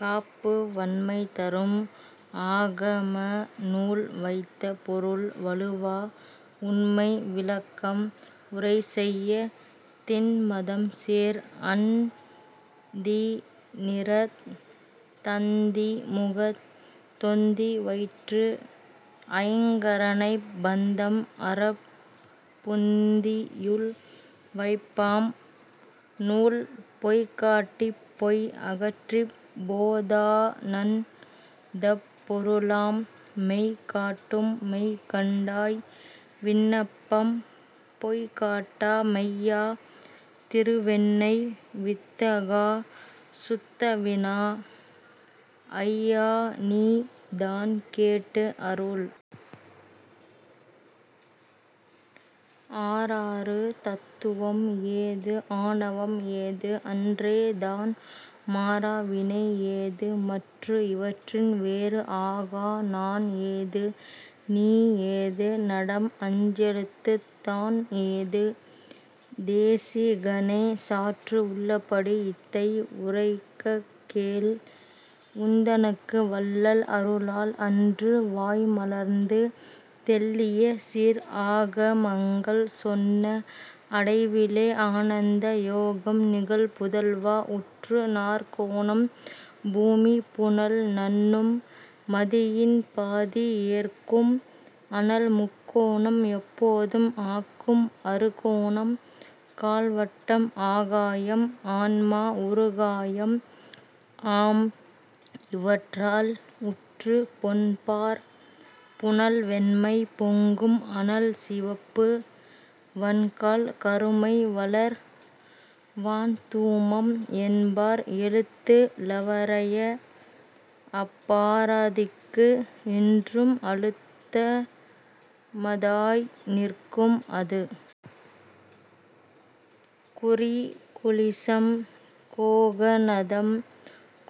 காப்பு வண்மைதரும் ஆகமநூல் வைத்த பொருள் வழுவா உண்மைவிளக்கம் உரைசெய்யத் திண்மதம்சேர் அந்திநிறத் தந்திமுகத் தொந்திவயிற்று ஐங்கரனைப் பந்தம் அறப் புந்தியுள் வைப்பாம் நூல் பொய்காட்டிப் பொய் அகற்றிப் போதானந் தப்பொருளாம் மெய்காட்டும் மெய்கண்டாய் விண்ணப்பம் பொய்காட்டா மெய்யா திருவெண்ணை வித்தகா சுத்தவினா ஐயாநீ தான் கேட்டு அருள். ஆறாறு தத்துவம் ஏது? ஆணவம் ஏது? அன்றே தான் மாறா வினை ஏது? மற்று இவற்றின் வேறு ஆகா நான் ஏது? நீ ஏது? நடம் அஞ்செழுத்துத் தான் ஏது? தேசிகனே சாற்று உள்ளபடி இத்தை உரைக்கக்கேள் உந்தனக்கு வள்ளல் அருளால் அன்று வாய்மலர்ந்து தெள்ளியசீர் ஆகமங்கள் சொன்ன அடைவிலே ஆனந்த யோகம் நிகழ் புதல்வா உற்று நாற்கோணம் பூமிபுனல் நண்ணும் மதியின்பாதி ஏற்கும் அனல் முக்கோணம் எப்போதும் ஆக்கும் அறுகோணம் கால்வட்டம் ஆகாயம் ஆன்மா உறுகாயம் ஆம் இவற்றால் உற்று பொன்பார் புனல்வெண்மை பொங்கும் அனல்சிவப்பு வன்கால் கருமைவளர் வான்தூமம் என்பார் எழுத்து லவரய அப்பாராதிக்கு என்றும் அழுத்தமதாய் நிற்கும் அது. குறிகுலிசம் கோகனதம்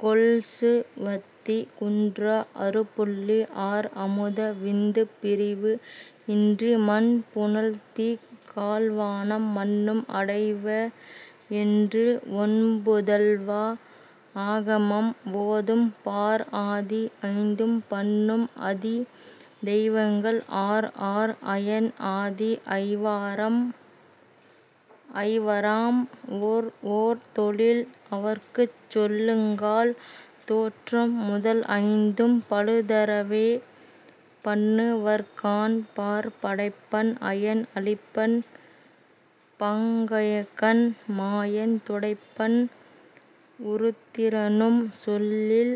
கொள்சுவத்தி குன்றா அறுபுள்ளி ஆர் அமுத விந்துப் பிறிவு இன்றி மண்புனல்தீக் கால்வானம் மன்னும் அடைவேஎன்று ஒண்புதல்வா ஆகமம் ஓதும். பார் ஆதி ஐந்தும் பன்னும் அதி தெய்வங்கள் ஆர் ஆர் அயன் ஆதி ஐவராம் ஓர் ஓர் தொழில் அவர்க்குச் சொல்லுங்கால் தோற்றம் முதல் ஐந்தும் பழுதறவே பண்ணுவர்காண் பார் படைப்பன் அயன் அளிப்பன் பங்கயக்கண் மாயன் துடைப்பன் உருத்திரனும் சொல்லில்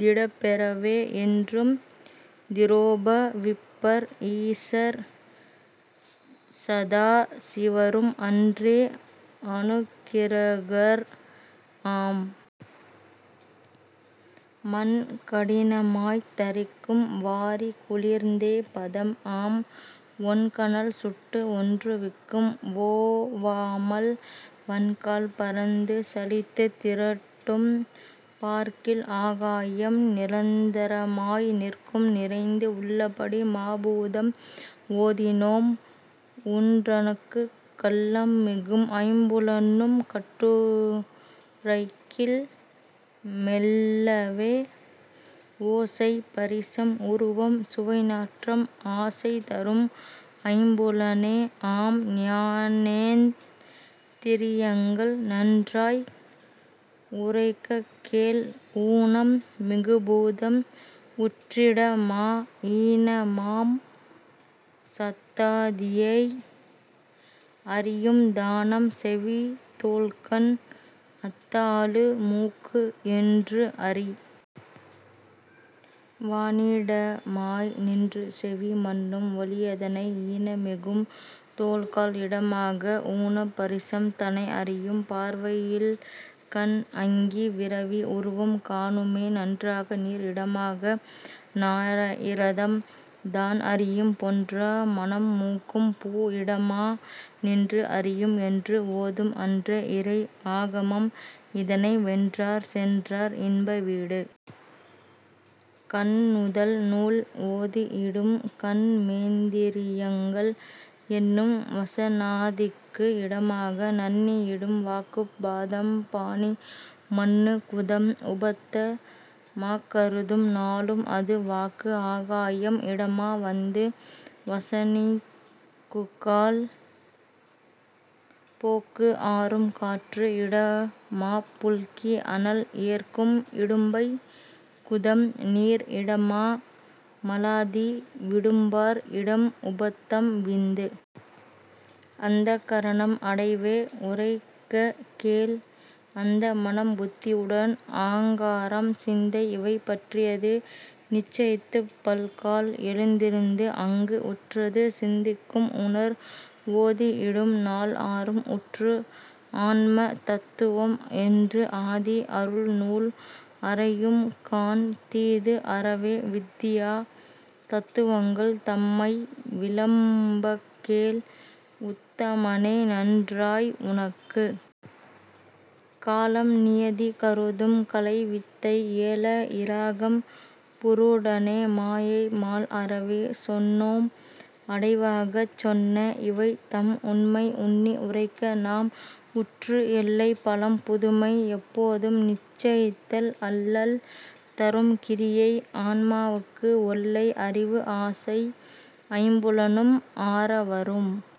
திடப்பெறவே என்றும் திரோபவிப்பர் ஈசர் சதாசிவரும் அன்றே அநுக்கிரகர் ஆம். மண்கடினமாய்த் தரிக்கும் வாரிகுளிர்ந்தே பதம் ஆம் ஒண்கனல் சுட்டு ஒன்றுவிக்கும் ஓவாமல் வண்கால் பரந்து சலித்துத் திரட்டும் பார்க்கில் ஆகாயம் நிரந்தரமாய் நிற்கும் நிறைந்து. உள்ளபடி மாபூதம் ஓதினோம் உன்றனக்குக் கள்ளம்மிகும் ஐம்புலனும் கட்டுரைக்கில் மெள்ளவே ஓசை பரிசம் உருவம் சுவைநாற்றம் ஆசைதரும் ஐம்புலனே ஆம் ஞானேந் திரியங்கள் நன்றாய்க் உரைக்கக்கேள் ஊனம் மிகுபூதம் உற்றிடமா ஈனமாம் சத்தாதியை அறியும் தானம் செவிதோல்கண் அத்தாலு மூக்கு என்று அறி. வானிடமாய் நின்றுசெவி மன்னும் ஒலியதனை ஈனமிகும் தோல்கால் இடமாக ஊனப் பரிசம் தனை அறியும் பார்வையில்கண் அங்கி விரவி உருவம் காணுமே. நன்றாக நீர் இடமாக நாஇரதம் தான் அறியும் பொன்றா மணம்மூக்கும் பூ இடமா நின்று அறியும் என்று ஓதும் அன்றே இறை ஆகமம் இதனை வென்றார் சென்றார் இன்ப வீடு. கண்நுதல் நூல் ஓதியிடும் கன்மேந்திரியங்கள் எண்ணும் வசனாதிக்கு இடமாக நண்ணியிடும் வாக்குப் பாதம்பாணி மன்னு குதம் உபத்த மாக்கருதும் நாளும் அது. வாக்கு ஆகாயம் இடமா வந்து வசனிக்குக்கால் போக்கு ஆரும் காற்று இடமாப் புல்கி அனல் ஏற்கும் இடும்பை குதம் நீர் இடமா மலாதி விடும்பார் இடம் உபத்தம் விந்து. அந்தக் கரணம் அடைவே உரைக்ககேள் அந்தமனம் புத்தியுடன் ஆங்காரம் சிந்தை இவை பற்றியது நிச்சயித்துப் பல்கால் எழுந்திருந்து அங்கு உற்றது சிந்திக்கும் உணர். ஓதியிடும் நால் ஆறும் உற்று ஆன்ம தத்துவம் என்று ஆதி அருள்நூல் அறையும்காண் தீது அறவே வித்தியா தத்துவங்கள் தம்மை விளம்ப்பக்கேள் உத்தமனே நன்றாய் உனக்கு. காலம்நியதி கருதும் கலைவித்தை ஏல இராகம் புருடனே மாயை மால் அறவே சொன்னோம் அடைவாகச் சொன்ன இவை தம் உண்மை உன்னி உரைக்க நாம் உற்று எல்லை பலம் புதுமை எப்போதும் நிச்சயித்தல் அல்லல் தரும் கிரியை ஆன்மாவுக்கு ஒல்லை அறிவு ஆசை ஐம்புலனும் ஆரவரும்